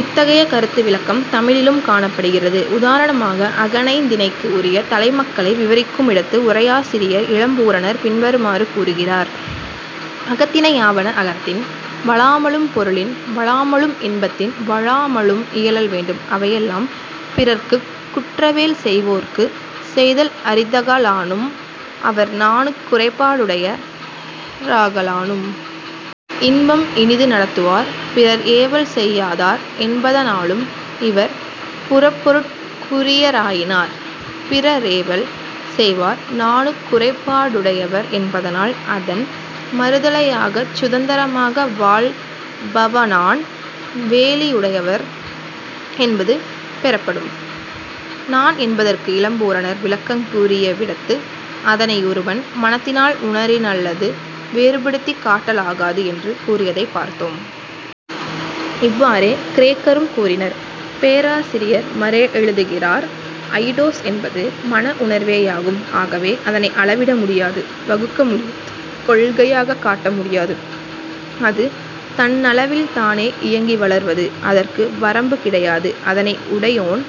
இத்தகைய கருத்து விளக்கம் தமிழிலும் காணப்படுகிறது. உதாரணமாக அகனைந்திணைக்கு உரிய தலைமக்களை விவரிக்குமிடத்து உரையாசிரியர் இளம்பூரணர் பின்வருமாறு கூறுகிறார். "அகத்திணையாவன அறத்தின் வழாமலும் பொருளின் வழாமலும் இன்பத்தின் வழாமலும் இயலல் வேண்டும்; அவையெல்லாம் பிறர்க்குக் குற்றவேல் செய்வோர்க்குச் செய்தல் அரிதாகலானும், அவர் நாணுக் குறைபாடுடைய ராகலானும்.... இன்பம் இனிது நடத்துவார் பிறர் ஏவல் செய்யாதார் என்பதானாலும், இவர் புறப்பொருட் குரியராயினார். " பிறரேவல் செய்வார் நாணுக்குறைபாடுடையவர் என்பதனால், அதன் மறுதலையாகச் சுதந்தரமாக வாழ்பவா நாண்வேலி உடையவர் என்பது பெறப்படும். நாண் என்பதற்கு இளம்பூரணர் விளக்கங்கூறியவிடத்து, அதனையொருவன் 'மனத்தினால் உணரினல்லது வேறுபடுத்திக் காட்டலாகாது' என்று கூறியதைப் பார்த்தோம். இவ்வாறே கிரேக்கரும் கூறினர். பேராசிரியர் மறே எழுதுகிறார்: "அயிடோஸ் என்பது மன உணர்வேயாகும்; ஆகவே அதனை அளவிடமுடியாது; வகுக்க முடியாது; கொள்கையாகக் காட்ட முடியாது. அது தன்னளவில்தானே இயங்கி வளர்வது. அதற்கு வரம்பு கிடையாது. அதனை உடையோன்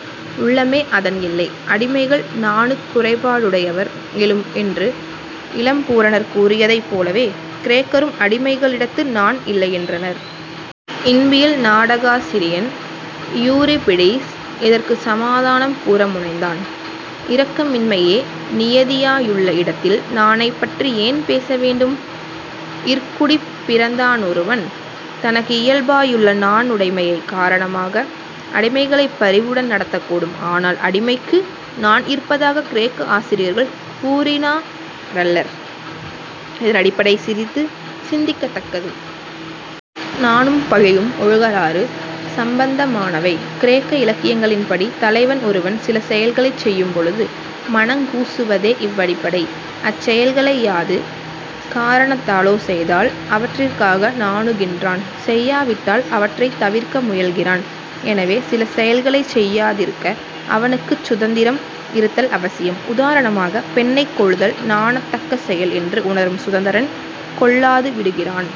உள்ளமே அதன் எல்லை. " அடிமைகள் நாணுக்குறைபாடுடையவர் என்று இளம்பூரணர் கூறியதைப் போலவே கிரேக்கரும் அடிமைகளிடத்து நாண் இல்லையென்றனர். இன்பியல் நாடகாசிரியன் இயூரிபிடீஸ் இதற்குச் சமாதானம் கூற முனைந்தான். "இரக்கமின்மையே நியதியாயுள்ள இடத்தில் நாணைப் பற்றி ஏன் பேசவேண்டும்? " இற்குடிப்பிறந்தானொருவன் தனக்கு இயல்பாயுள்ள நாணுடைமை காரணமாக அடிமைகளைப் பரிவுடன் நடத்தக்கூடும். ஆனால் அடிமைக்கு நாண் இருப்பதாகக் கிரேக்க ஆசிரியர்கள் கூறினாரல்லர். இதனடிப்படை சிறிது சிந்திக்கத் தக்கது. நாணும் பழியும் ஒழுகலாறு சம்பந்தமானவை. கிரேக்க இலக்கியங்களின்படி தலைவன் ஒருவன் சில செயல்களைச் செய்யும்பொழுது மனங்கூசுவதே இவ்வடிப்படை. அச்செயல்களை யாது காரணத்தாலோ செய்தால் அவற்றிற்காக நாணுகின்றான்; செய்யாவிட்டால் அவற்றைத் தவிர்க்க முயல்கிறான். எனவே, சில செயல்களைச் செய்யாதிருக்க அவனுக்குச் சுதந்தரம் இருத்தல் அவசியம். உதாரணமாக, பெண்ணைக் கொல்லுதல் நாணத்தக்க செயல் என்று உணரும் சுதந்தரன் கொல்லாது விடுகிறான்.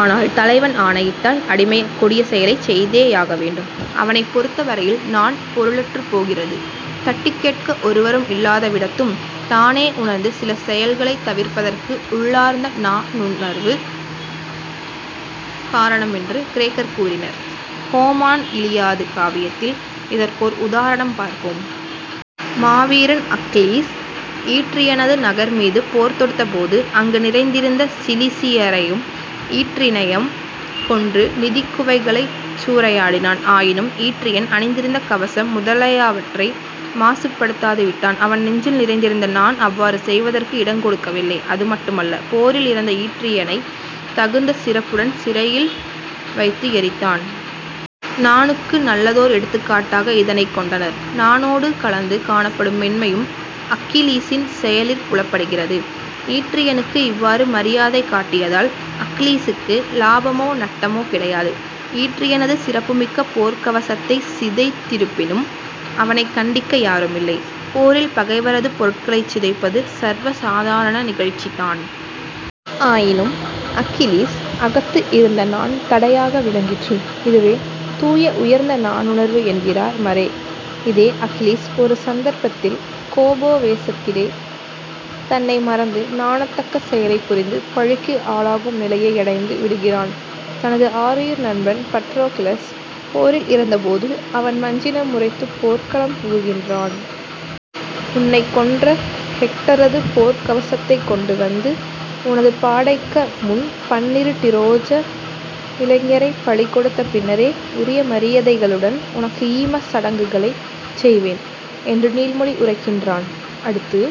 ஆனால் தலைவன் ஆணையிட்டால் அடிமை அக்கொடிய செயலைச் செய்தேயாக வேண்டும். அவனைப் பொறுத்தவரையில் நாண் பொருளற்றுப் போகிறது. தட்டிக் கேட்க ஒருவரும் இல்லாதவிடத்தும் தானே உணர்ந்து சில செயல்களைத் தவிர்ப்பதற்கு உள்ளார்ந்த நாணுர்வு காரணம் என்று கிரேக்கர் கூறினர். ஹோமான் இலியாது காவியத்தில் இதற்கோர் உதாரணம் பார்ப்போம். மாவீரன் அக்கிலீஸ் ஈற்றியனது நகர்மீது போர்தொடுத்தபோது, அங்கு நிறைந்திருந்த சிலிசியரையும் ஈற்றியனையும் கொன்று, நிதிக் குவைகளைச் சூறையாடினான். ஆயினும் ஈற்றியன் அணிந்திருந்த கவசம் முதலாயவற்றை மாசுபடுத்தாது விட்டான். அவன் நெஞ்சில் நிறைந்திருந்த நாண் அவ்வாறு செய்வதற்கு இடங்கொடுக்கவில்லை. அது மட்டுமல்ல. போரில் இறந்த ஈற்றியனைத் தகுந்த சிறப்புடன் சிதையில் வைத்து எரித்தான். நாணுக்கு நல்லதோர் எடுத்துக்காட்டாக இதனைக் கொண்டனர். நாணோடு கலந்து காணப்படும் மென்மையும் அக்கிலீசின் செயலிற் புலப்படுகிறது. ஈற்றியனுக்கு இவ்வாறு மரியாதை காட்டியதால் அக்க்லீசுக்கு லாபமோ நட்டமோ கிடையாது. ஈற்றியனது சிறப்புமிக்க போர்க்கவசத்தைச் சிதைத்திருப்பினும் அவனைக் கண்டிக்க யாருமில்லை. போரில் பகைவரது பொருட்களைச் சிதைப்பது சர்வ சாதாரண நிகழ்ச்சிதான். ஆயினும் அக்கிலீஸ் அகத்து இருந்த நாண் தடையாக விளங்கிற்று. "இதுவே தூய, உயர்ந்த நாணுர்வு" என்கிறார் மறே. இதே அக்கிலீஸ் ஒரு சந்தர்ப்பத்தில் கோபாவேசத்திலே தன்னை மறந்து நாணத்தக்க செயலைப் புரிந்து பழிக்கு ஆளாகும் நிலையையடைந்துவிடுகிறான். தனது ஆருயிர் நண்பன் பட்ரோகிளஸ் போரில் இறந்தபோது, அவன் வஞ்சின முரைத்துப் போர்க்களம் புகுகின்றான். "உன்னைக் கொன்ற ஹெக்டரது போர்க்கவசத்தைக் கொண்டு வந்து, உனது, பாடைக்க முன் பன்னிரு டிரோஜ இளைஞரைப் பலிகொடுத்த பின்னரே உரிய மரியதைகளுடன் உனக்கு ஈமக் சடங்குகளைச் செய்வேன்" என்று நீள்மொழி உரைக்கின்றான். அடுத்து